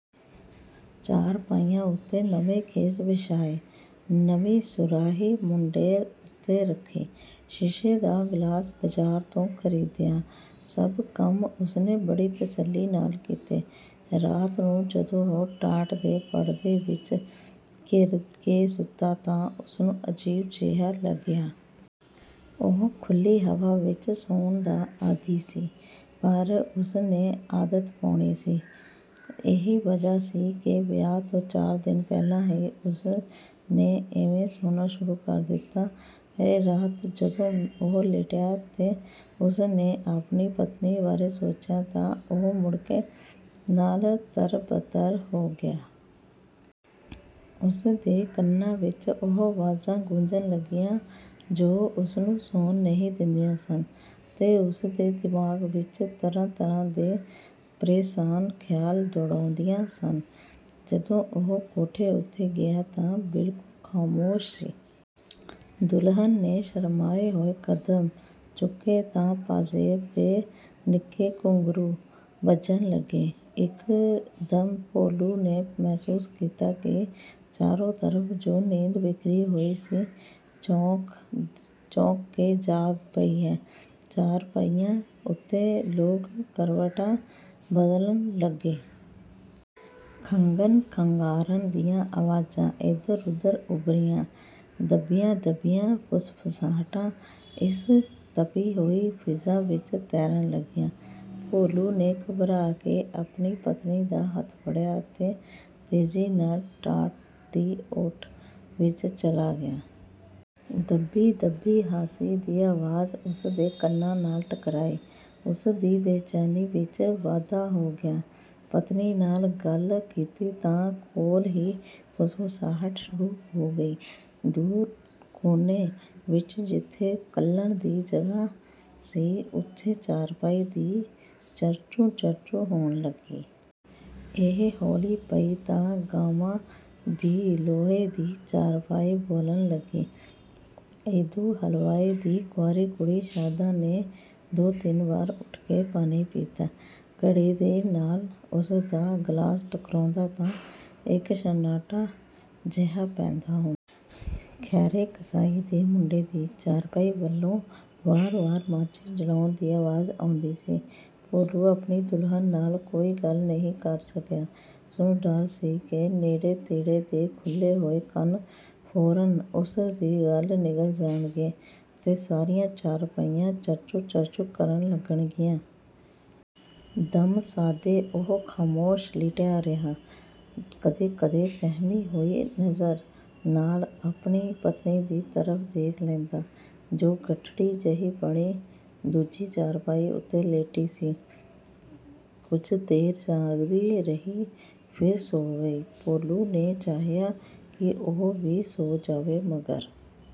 ਚਾਰਪਾਈਆਂ ਉੱਤੇ ਨਵੇਂ ਖੇਸ ਵਿਛਾਏ। ਨਵੀਂ ਸੁਰਾਹੀ ਮੁੰਡੇਰ ਉੱਤੇ ਰੱਖੀ। ਸ਼ੀਸ਼ੇ ਦਾ ਗਲਾਸ ਬਾਜ਼ਾਰ ਤੋਂ ਖ਼ਰੀਦਿਆ। ਸਭ ਕੰਮ ਉਸ ਨੇ ਬੜੀ ਤਸੱਲੀ ਨਾਲ ਕੀਤੇ। ਰਾਤ ਨੂੰ ਜਦੋਂ ਉਹ ਟਾਟ ਦੇ ਪਰਦੇ ਵਿੱਚ ਘਿਰ ਕੇ ਸੁੱਤਾ ਤਾਂ ਉਸ ਨੂੰ ਅਜੀਬ ਜਿਹਾ ਲੱਗਿਆ। ਉਹ ਖੁੱਲ੍ਹੀ ਹਵਾ ਵਿੱਚ ਸੌਣ ਦਾ ਆਦੀ ਸੀ ਪਰ ਹੁਣ ਉਸ ਨੇ ਆਦਤ ਪਾਉਣੀ ਸੀ। ਇਹੀ ਵਜ੍ਹਾ ਸੀ ਕਿ ਵਿਆਹ ਤੋਂ ਚਾਰ ਦਿਨ ਪਹਿਲਾਂ ਹੀ ਉਸ ਨੇ ਇਵੇਂ ਸੌਣਾ ਸ਼ੁਰੂ ਕਰ ਦਿੱਤਾ। ਪਹਿਲੀ ਰਾਤ ਜਦੋਂ ਉਹ ਲਿਟਿਆ ਅਤੇ ਉਸ ਨੇ ਆਪਣੀ ਪਤਨੀ ਬਾਰੇ ਸੋਚਿਆ ਤਾਂ ਉਹ ਮੁੜ੍ਹਕੇ ਨਾਲ ਤਰ-ਬ-ਤਰ ਹੋ ਗਿਆ। ਉਸ ਦੇ ਕੰਨਾਂ ਵਿੱਚ ਉਹ ਆਵਾਜ਼ਾਂ ਗੂੰਜਣ ਲੱਗੀਆਂ ਜੋ ਉਸਨੂੰ ਸੌਣ ਨਹੀਂ ਦਿੰਦੀਆਂ ਸਨ ਅਤੇ ਉਸ ਦੇ ਦਿਮਾਗ਼ ਵਿੱਚ ਤਰ੍ਹਾਂ ਤਰ੍ਹਾਂ ਦੇ ਪਰੇਸ਼ਾਨ ਖ਼ਿਆਲ ਦੌੜਾਉਂਦੀਆਂ ਸਨ। ਜਦੋਂ ਉਹ ਕੋਠੇ ਉੱਤੇ ਗਿਆ ਤਾਂ ਬਿਲਕੁਲ ਖ਼ਾਮੋਸ਼ ਸੀ। ਦੁਲਹਨ ਨੇ ਸ਼ਰਮਾਏ ਹੋਏ ਕਦਮ ਚੁੱਕੇ ਤਾਂ ਪਾਜ਼ੇਬ ਦੇ ਨਿੱਕੇ ਘੁੰਗਰੂ ਵੱਜਣ ਲੱਗੇ। ਇੱਕ ਦਮ ਭੋਲੂ ਨੇ ਮਹਿਸੂਸ ਕੀਤਾ ਕਿ ਚਾਰੋਂ ਤਰਫ਼ ਜੋ ਨੀਂਦ ਬਿਖਰੀ ਹੋਈ ਸੀ ਚੌਂਕ ਕੇ ਜਾਗ ਪਈ ਹੈ। ਚਾਰਪਾਈਆਂ ਉੱਤੇ ਲੋਕ ਕਰਵਟਾਂ ਬਦਲਣ ਲੱਗੇ। ਖੰਘਣ ਖੰਘਾਰਨ ਦੀਆਂ ਆਵਾਜ਼ਾਂ ਏਧਰ ਉੱਧਰ ਉਭਰੀਆਂ। ਦੱਬੀਆਂ ਦੱਬੀਆਂ ਫੁਸਫੁਸਾਹਟਾਂ ਇਸ ਤਪੀ ਹੋਈ ਫ਼ਿਜ਼ਾ ਵਿੱਚ ਤੈਰਨ ਲੱਗੀਆਂ। ਭੋਲੂ ਨੇ ਘਬਰਾ ਕੇ ਆਪਣੀ ਪਤਨੀ ਦਾ ਹੱਥ ਫੜਿਆ ਅਤੇ ਤੇਜ਼ੀ ਨਾਲ ਟਾਟ ਦੀ ਓਟ ਵਿੱਚ ਚਲਾ ਗਿਆ। ਦੱਬੀ ਦੱਬੀ ਹਾਸੀ ਦੀ ਆਵਾਜ਼ ਉਸ ਦੇ ਕੰਨਾਂ ਨਾਲ ਟਕਰਾਈ। ਉਸ ਦੀ ਬੇਚੈਨੀ ਵਿੱਚ ਵਾਧਾ ਹੋ ਗਿਆ। ਪਤਨੀ ਨਾਲ ਗੱਲ ਕੀਤੀ ਤਾਂ ਕੋਲ ਹੀ ਫੁਸਫੁਸਾਹਟ ਸ਼ੁਰੂ ਹੋ ਗਈ। ਦੂਰ ਕੋਨੇ ਵਿੱਚ ਜਿੱਥੇ ਕੱਲਨ ਦੀ ਜਗ੍ਹਾ ਸੀ ਉੱਥੇ ਚਾਰਪਾਈ ਦੀ ਚਰਚੂੰ ਚਰਚੂੰ ਹੋਣ ਲੱਗੀ। ਇਹ ਹੌਲੀ ਪਈ ਤਾਂ ਗਾਮਾ ਦੀ ਲੋਹੇ ਦੀ ਚਾਰਪਾਈ ਬੋਲਣ ਲੱਗੀ। ਈਦੂ ਹਲਵਾਈ ਦੀ ਕੁਆਰੀ ਕੁੜੀ ਸ਼ਾਦਾਂ ਨੇ ਦੋ ਤਿੰਨ ਵਾਰ ਉੱਠ ਕੇ ਪਾਣੀ ਪੀਤਾ। ਘੜੇ ਦੇ ਨਾਲ ਉਸ ਦਾ ਗਲਾਸ ਟਕਰਾਉਂਦਾ ਤਾਂ ਇੱਕ ਛੰਨਾਟਾ ਜਿਹਾ ਪੈਦਾ ਹੁੰਦਾ। ਖੈਰੇ ਕਸਾਈ ਦੇ ਮੁੰਡੇ ਦੀ ਚਾਰਪਾਈ ਵੱਲੋਂ ਵਾਰ ਵਾਰ ਮਾਚਿਸ ਜਲਾਉਣ ਦੀ ਆਵਾਜ਼ ਆਉਂਦੀ ਸੀ। ਭੋਲੂ ਆਪਣੀ ਦੁਲਹਨ ਨਾਲ ਕੋਈ ਗੱਲ ਨਹੀਂ ਕਰ ਸਕਿਆ। ਉਸਨੂੰ ਡਰ ਸੀ ਕਿ ਨੇੜੇ ਤੇੜੇ ਦੇ ਖੁੱਲ੍ਹੇ ਹੋਏ ਕੰਨ ਫ਼ੌਰਨ ਉਸ ਦੀ ਗੱਲ ਨਿਗਲ ਜਾਣਗੇ ਅਤੇ ਸਾਰੀਆਂ ਚਾਰਪਾਈਆਂ ਚਰਚੂੰ ਚਰਚੂੰ ਕਰਨ ਲੱਗਣਗੀਆਂ। ਦਮ ਸਾਧੇ ਉਹ ਖ਼ਾਮੋਸ਼ ਲਿਟਿਆ ਰਿਹਾ। ਕਦੇ ਕਦੇ ਸਹਿਮੀ ਹੋਈ ਨਜ਼ਰ ਨਾਲ ਆਪਣੀ ਪਤਨੀ ਦੀ ਤਰਫ਼ ਦੇਖ ਲੈਂਦਾ ਜੋ ਗਠੜੀ ਜਿਹੀ ਬਣੀ ਦੂਜੀ ਚਾਰਪਾਈ ਉੱਤੇ ਲੇਟੀ ਸੀ। ਕੁੱਝ ਦੇਰ ਜਾਗਦੀ ਰਹੀ, ਫਿਰ ਸੌਂ ਗਈ। ਭੋਲੂ ਨੇ ਚਾਹਿਆ ਕਿ ਉਹ ਵੀ ਸੌਂ ਜਾਵੇ ਮਗਰ